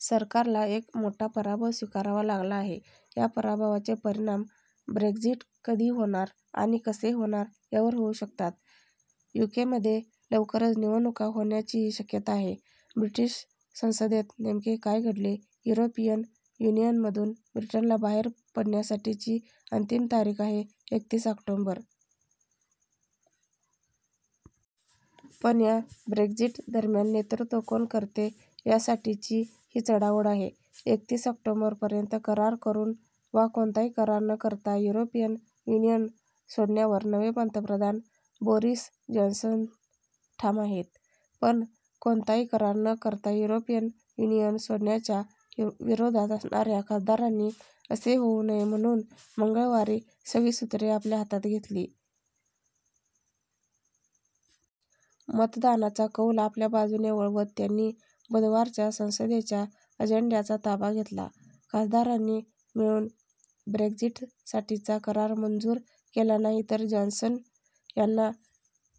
सरकारला एक मोठा पराभव स्वीकारावा लागला आहे. या पराभवाचे परिणाम ब्रेक्झिट कधी होणार आणि कसे होणार यावर होऊ शकतात. युकेमध्ये लवकरच निवडणुका होण्याचीही शक्यता आहे. ब्रिटिश संसदेत नेमके काय घडले? युरोपियन युनियनमधून ब्रिटनला बाहेर पडण्यासाठीची अंतिम तारीख आहे एकतीस ऑक्टोबर. पण या ब्रेक्झिट दरम्यान नेतृत्व कोण करते यासाठीची ही चढाओढ आहे. एकतीस ऑक्टोबरपर्यंत करार करून वा कोणताही करार न करता युरोपियन युनियन सोडण्यावर नवे पंतप्रधान बोरिस जॉन्सन ठाम आहेत. पण कोणताही करार न करता युरोपियन युनियन सोडण्याच्या विरोधात असणाऱ्या खासदारांनी असे होऊ नये म्हणून मंगळवारी सगळी सूत्रे आपल्या हातात घेतली. मतदानाचा कौल आपल्या बाजूने वळवत त्यांनी बुधवारच्या संसदेच्या अजेंड्याचा ताबा घेतला. खासदारांनी मिळून ब्रेक्झिटसाठीचा करार मंजूर केला नाही तर जॉन्सन यांना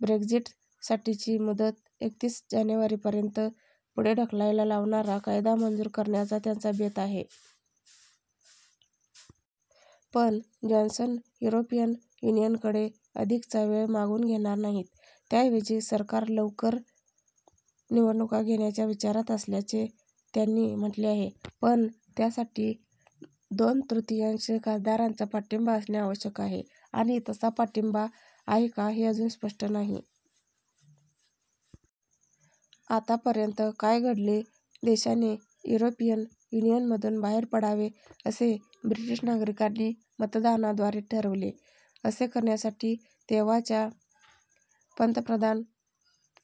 ब्रेक्झिटसाठीची मुदत एकतीस जानेवारीपर्यंत पुढे ढकलायला लावणारा कायदा मंजूर करण्याचा त्यांचा बेत आहे. पण जॉन्सन युरोपियन युनियनकडे अधिकचा वेळ मागून घेणार नाहीत. त्याऐवजी सरकार लवकर निवडणुका घेण्याच्या विचारात असल्याचे त्यांनी म्हटले आहे. पण त्यासाठी दोन तृतीयांश खासदारांचा पाठिंबा असणे आवश्यक आहे आणि तसा पाठिंबा आहे का, हे अजून स्पष्ट नाही. आतापर्यंत काय घडले? देशाने युरोपियन युनियनमधून बाहेर पडावे असे ब्रिटिश नागरिकांनी मतदानाद्वारे ठरवले. असे करण्यासाठी तेव्हाच्या पंतप्रधान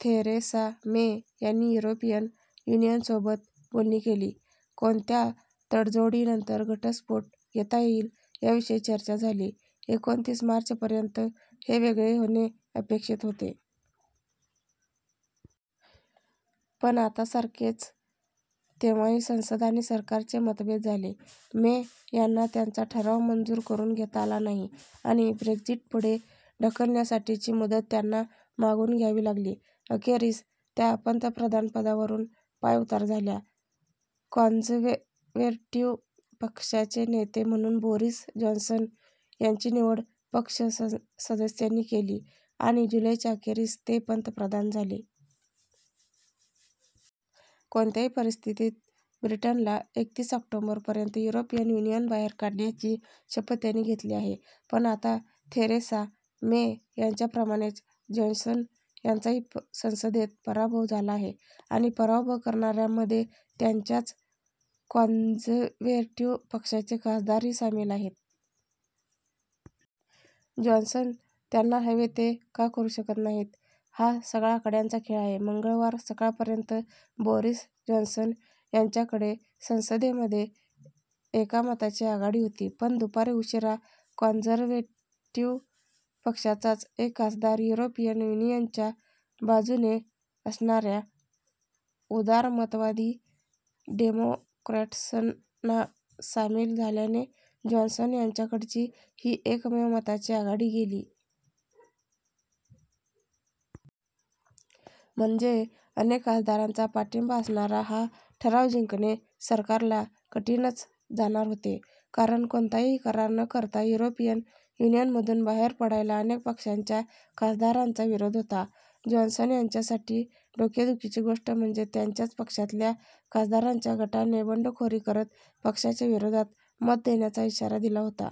थेरेसा मे यांनी युरोपियन युनियनसोबत बोलणी केली. कोणत्या तडजोडींनंतर 'घटस्फोट' घेता येईल याविषयी चर्चा झाली. एकोणतीस मार्चपर्यंत हे वेगळे होणे अपेक्षित होते. पण आतासारखेच तेव्हाही संसद आणि सरकारचे मतभेद झाले. मे यांना त्यांचा ठराव मंजूर करून घेता आला नाही आणि ब्रेक्झिट पुढे ढकलण्यासाठीची मुदत त्यांना मागून घ्यावी लागली. अखेरीस त्या पंतप्रधानपदावरून पायउतार झाल्या. कॉन्झर्व्हेटिव्ह पक्षाचे नेते म्हणून बोरिस जॉन्सन यांची निवड पक्ष सदस्यांनी केली आणि जुलैच्या अखेरीस ते पंतप्रधान झाले. कोणत्याही परिस्थितीत ब्रिटनला एकतीस ऑक्टोबरपर्यंत युरोपियन युनियन बाहेर काढण्याची शपथ त्यांनी घेतली आहे. पण आता थेरेसा मे यांच्याप्रमाणेच जॉन्सन यांचाही संसदेत पराभव झाला आहे. आणि पराभव करणाऱ्यांमध्ये त्यांच्याच कॉन्झर्व्हेटिव्ह पक्षाचे खासदारही सामील आहेत. जॉन्सन त्यांना हवे ते का करू शकत नाहीत? हा सगळा आकड्यांचा खेळ आहे. मंगळवार सकाळपर्यंत बोरिस जॉन्सन यांच्याकडे संसदेमध्ये एका मताची आघाडी होती. पण दुपारी उशिरा कॉन्झर्व्हेटिव्ह पक्षाचाच एक खासदार युरोपियन युनियनच्या बाजूने असणाऱ्या उदारमतवादी डेमोक्रॅट्सना सामील झाल्याने जॉन्सन यांच्याकडची ही एकमेव मताची आघाडी गेली. म्हणजे अनेक खासदारांचा पाठिंबा असणारा हा ठराव जिंकणे सरकारला कठीणच जाणार होते. कारण कोणताही करार न करता युरोपियन युनियनमधून बाहेर पडायला अनेक पक्षांच्या खासदारांचा विरोध होता. जॉन्सन यांच्यासाठी डोकेदुखीची गोष्ट म्हणजे त्यांच्याच पक्षातल्या खासदारांच्या गटाने बंडखोरी करत पक्षाच्या विरोधात मत देण्याचा इशारा दिला होता.